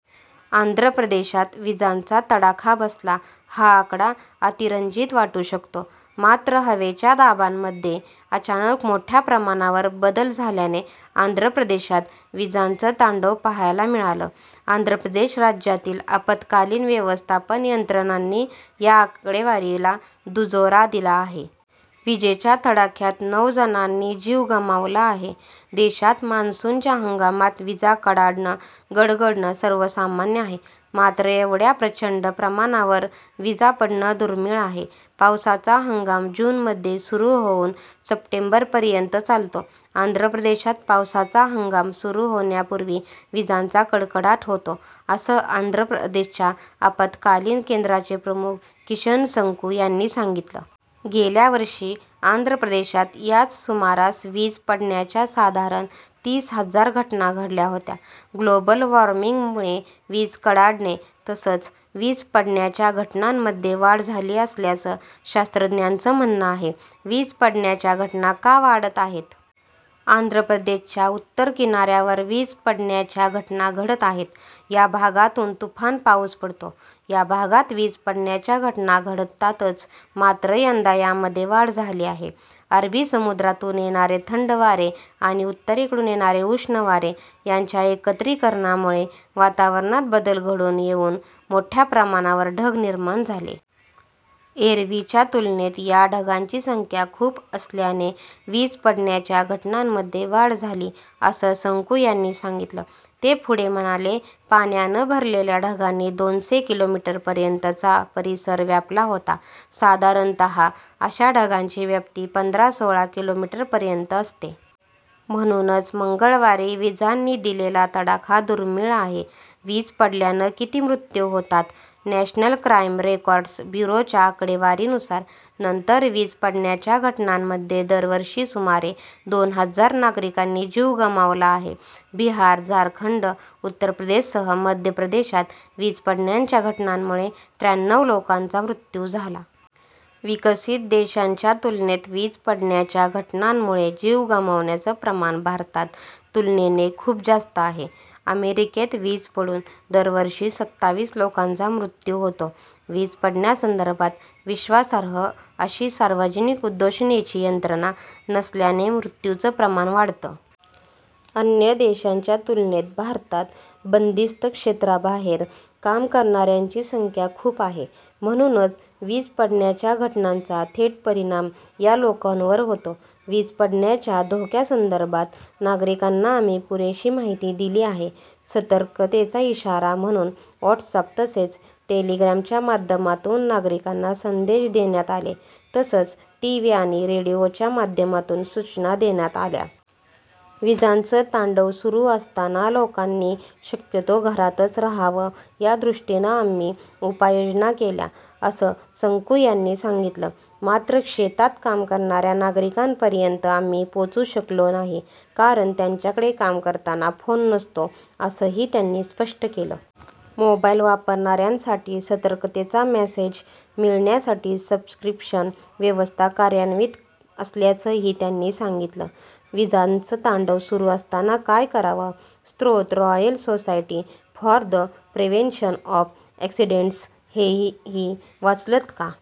आंध्र प्रदेशात विजांचा तडाखा बसला हा आकडा अतिरंजित वाटू शकतो, मात्र हवेच्या दाबांमध्ये अचानक मोठ्या प्रमाणावर बदल झाल्यानं आंध्र प्रदेशात विजांचं तांडव पाहायला मिळालं. आंध्र प्रदेश राज्यातील आपत्कालीन व्यवस्थापन यंत्रणांनी या आकडेवारीला दुजोरा दिला आहे. विजेच्या तडाख्यात नऊजणांनी जीव गमावला आहे. देशात मान्सूनच्या हंगामात विजा कडाडणं, गडगडणं सर्वसामान्य आहे, मात्र एवढ्या प्रचंड प्रमाणावर विजा पडणं दुर्मीळ आहे. पावसाचा हंगाम जूनमध्ये सुरू होऊन सप्टेंबरपर्यंत चालतो. आंध्र प्रदेशात पावसाचा हंगाम सुरू होण्यापूर्वी विजांचा कडकडाट होतो असं आंध्र प्रदेशच्या आपत्कालीन केंद्राचे प्रमुख किशन संकू यांनी सांगितलं. गेल्या वर्षी आंध्र प्रदेशात याच सुमारास वीज पडण्याच्या साधारण तीस हजार घटना घडल्या होत्या. ग्लोबल वॉर्मिंगमुळे वीज कडाडणे तसंच वीज पडण्याच्या घटनांमध्ये वाढ झाली असल्याचं शास्त्रज्ञांचं म्हणणं आहे. वीज पडण्याच्या घटना का वाढत आहेत? आंध्र प्रदेशच्या उत्तर किनाऱ्यावर वीज पडण्याच्या घटना घडत आहेत. या भागातून तुफान पाऊस पडतो. या भागात वीज पडण्याच्या घटना घडतातच मात्र यंदा यामध्ये वाढ झाली आहे. अरबी समुद्रातून येणारे थंड वारे आणि उत्तरेकडून येणारे उष्ण वारे यांच्या एकत्रीकरणामुळे वातावरणात बदल घडून येऊन मोठ्य़ा प्रमाणावर ढग निर्माण झाले. एरव्हीच्या तुलनेत या ढगांची संख्या खूप असल्याने वीज पडण्याच्या घटनांमध्ये वाढ झाली असं संकू यांनी सांगितलं. ते पुढे म्हणाले पाण्यानं भरलेल्या ढगांनी दोनसे किलोमीटरपर्यंतचा परिसर व्यापला होता. साधारणत: अशा ढगांची व्याप्ती पंधरा -सोळा किलोमीटरपर्यंत असते. म्हणूनच मंगळवारी विजांनी दिलेला तडाखा दुर्मीळ आहे. वीज पडल्यानं किती मृत्यू होतात? नॅशनल क्राइम रेकॉर्ड्स ब्युरोच्या आकडेवारीनुसार, नंतर वीज पडण्याच्या घटनांमध्ये दरवर्षी सुमारे दोन हजार नागरिकांनी जीव गमावला आहे. बिहार, झारखंड, उत्तर प्रदेशसह मध्य प्रदेशात वीज पडण्याच्या घटनांमुळे त्र्याण्णव लोकांचा मृत्यू झाला. विकसित देशांच्या तुलनेत वीज पडण्याच्या घटनांमुळे जीव गमावण्याचं प्रमाण भारतात तुलनेनं खूप जास्त आहे. अमेरिकेत वीज पडून दरवर्षी सताविस लोकांचा मृत्यू होतो. वीज पडण्यासंदर्भात विश्वासार्ह अशी सार्वजनिक उद्घोषणेची यंत्रणा नसल्यानं मृत्यूचं प्रमाण वाढतं. अन्य देशांच्या तुलनेत, भारतात बंदिस्त क्षेत्राबाहेर काम करणाऱ्यांची संख्या खूप आहे. म्हणूनच वीज पडण्याच्या घटनांचा थेट परिणाम या लोकांवर होतो. वीज पडण्याच्या धोक्यासंदर्भात नागरिकांना आम्ही पुरेशी माहिती दिली आहे. सतर्कतेचा इशारा म्हणून व्हॉट्सअप तसंच टेलिग्रामच्या माध्यमातून नागरिकांना संदेश देण्यात आले तसंच टीव्ही आणि रेडिओच्या माध्यमातून सूचना देण्यात आल्या. विजांचं तांडव सुरू असताना लोकांनी शक्यतो घरातच राहावं यादृष्टीनं आम्ही उपाययोजना केल्या, असं संकू यांनी सांगितलं. मात्र शेतात काम करणाऱ्या नागरिकांपर्यंत आम्ही पोहोचू शकलो नाही, कारण त्यांच्याकडे काम करताना फोन नसतो असंही त्यांनी स्पष्ट केलं. मोबाइल वापरणाऱ्यांसाठी सतर्कतेचा मेसेज मिळण्यासाठी सबस्क्रिप्शन व्यवस्था कार्यान्वित असल्याचंही त्यांनी सांगितलं. विजांचं तांडव सुरू असताना काय करावं? स्रोत- Royal Society for the Prevention of Accidents हेही वाचलंत का?